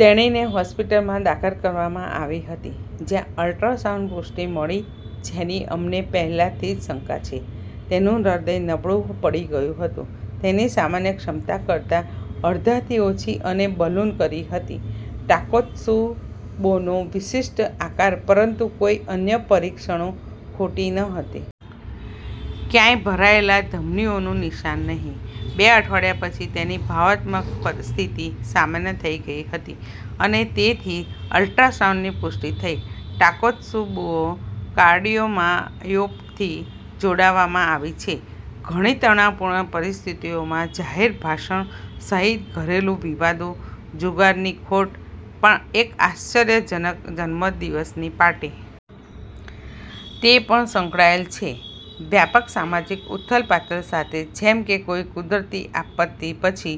તેણીને હોસ્પિટલમાં દાખલ કરવામાં આવી હતી જ્યાં અલ્ટ્રાસાઉન્ડ પુષ્ટિ મળી જેની અમને પહેલાથી શંકા છે. તેનું હૃદય નબળું પડી ગયું હતું તેની સામાન્ય ક્ષમતા કરતાં અડધાથી ઓછી અને બલૂન કરી હતી ટાકોત્સુબોનો વિશિષ્ટ આકાર પરંતુ કોઈ અન્ય પરીક્ષણો ખોટી ન હતી. ક્યાંય ભરાયેલા ધમનીઓનું નિશાન નહીં. બે અઠવાડિયા પછી તેની ભાવનાત્મક સ્થિતિ સામાન્ય થઈ ગઈ હતી અને તેથી અલ્ટ્રાસાઉન્ડની પુષ્ટિ થઈ. ટાકોત્સુબો કાર્ડિયોમાયોપથી જોડવામાં આવી છે. ઘણી તણાવપૂર્ણ પરિસ્થિતિઓમાં જાહેર ભાષણ સહિત ઘરેલું વિવાદો, જુગારની ખોટ, પણ એક આશ્ચર્યજનક જન્મદિવસની પાર્ટી. તે પણ સંકળાયેલ છે વ્યાપક સામાજિક ઉથલપાથલ સાથે જેમ કે કોઈ કુદરતી આપત્તિ પછી.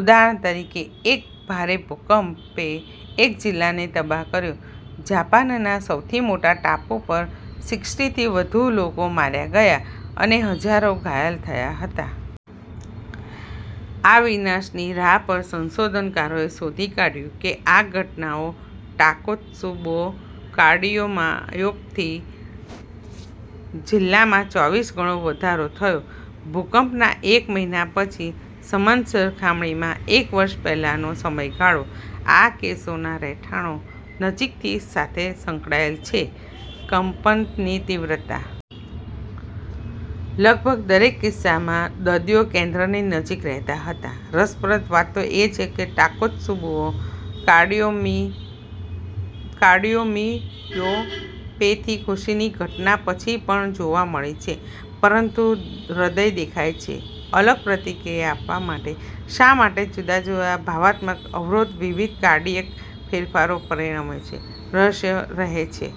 ઉદાહરણ તરીકે, એક ભારે ભુકંપે એક જિલ્લાને તબાહ કર્યો જાપાનના સૌથી મોટા ટાપુ પર સિક્સટી થી વધુ લોકો માર્યા ગયા અને હજારો ઘાયલ થયા હતા. આ વિનાશની રાહ પર સંશોધનકારોએ શોધી કાદ્યું કે આ ઘટનાઓ ટાકોત્સુબો કાર્ડિયોમાયોપથી જિલ્લામાં ચોવીસ ગણો વધારો થયો ભૂકંપના એક મહિના પછી સમાન સરખામણીમાં એક વર્ષ પહેલાનો સમયગાળો. આ કેસોના રહેઠાણો નજીકથી સાથે સંકળાયેલ છે કંપનની તીવ્રતા. લગભગ દરેક કિસ્સામાં દર્દીઓ કેન્દ્રની નજીક રહેતા હતા. રસપ્રદ વાત એ છે કે ટાકોત્સુબો કાર્ડિયોમિયોપેથી ખુશીની ઘટના પછી પણ જોવા મળી છે. પરંતુ હૃદય દેખાય છે અલગ પ્રતિક્રિયા આપવા માટે. શા માટે જુદા જુદા ભાવનાત્મક અવરોધ વિવિધ કાર્ડિયાક ફેરફારો પરિણમે છે રહસ્ય રહે છે.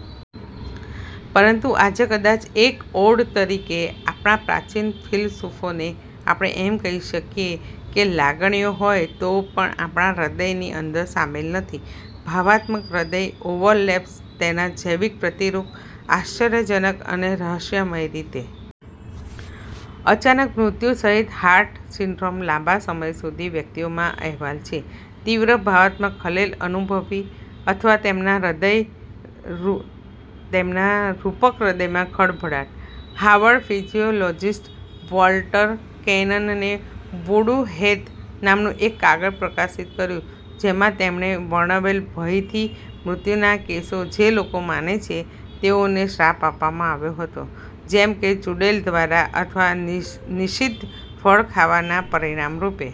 પરંતુ આજે, કદાચ એક ઓડ તરીકે આપણા પ્રાચીન ફિલસૂફોને આપણે એમ કહી શકીએ કે લાગણીઓ હોય તો પણ આપણા હૃદયની અંદર સમાયેલ નથી, ભાવનાત્મક હૃદય ઓવરલેપ્સ તેના જૈવિક પ્રતિરૂપ, આશ્ચર્યજનક અને રહસ્યમય રીતે. અચાનક મૃત્યુ સહિત હાર્ટ સિન્ડ્રોમ્સ લાંબા સમય સુધી વ્યક્તિઓમાં અહેવાલ છે. તીવ્ર ભાવનાત્મક ખલેલ અનુભવી અથવા તેમના રૂપક હૃદયમાં ખળભળાટ. હાર્વર્ડ ફિઝિયોલોજિસ્ટ વોલ્ટર કેનનને "વૂડુ ડેથ" નામનું એક કાગળ પ્રકાશિત કર્યું જેમાં તેમણે વર્ણવેલ ભયથી મૃત્યુનાં કેસો જે લોકો માને છે તેઓને શ્રાપ આપવામાં આવ્યો હતો જેમ કે ચૂડેલ દ્વારા અથવા નિષિદ્ધ ફળ ખાવાના પરિણામ રૂપે.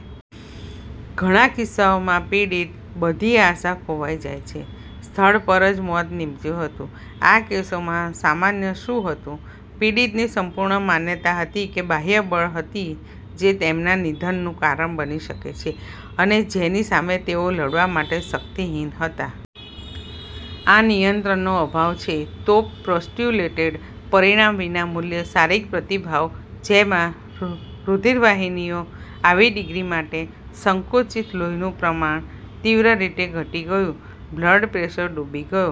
ઘણા કિસ્સાઓમાં પીડિત, બધી આશા ખોવાઈ જાય છે. સ્થળ પર જ મોત નીપજ્યું હતું. આ કેસોમાં સામાન્ય શું હતું? પીડિતની સંપૂર્ણ માન્યતા હતી કે બાહ્ય બળ હતી જે તેમના નિધનનું કારણ બની શકે છે અને જેની સામે તેઓ લડવા માટે શક્તિહિન હતા. આ નિયંત્રણનો અભાવ છે તોપ પોસ્ટ્યુલેટેડ, પરિણામ વિના મૂલ્યે શારીરિક પ્રતિભાવ જેમાં રુધિરવાહિનીઓ આવી ડિગ્રી માટે સંકુચિત લોહીનું પ્રમાણ તીવ્ર રીતે ઘટી ગયું, બ્લડ પ્રેશર ડૂબી ગયો.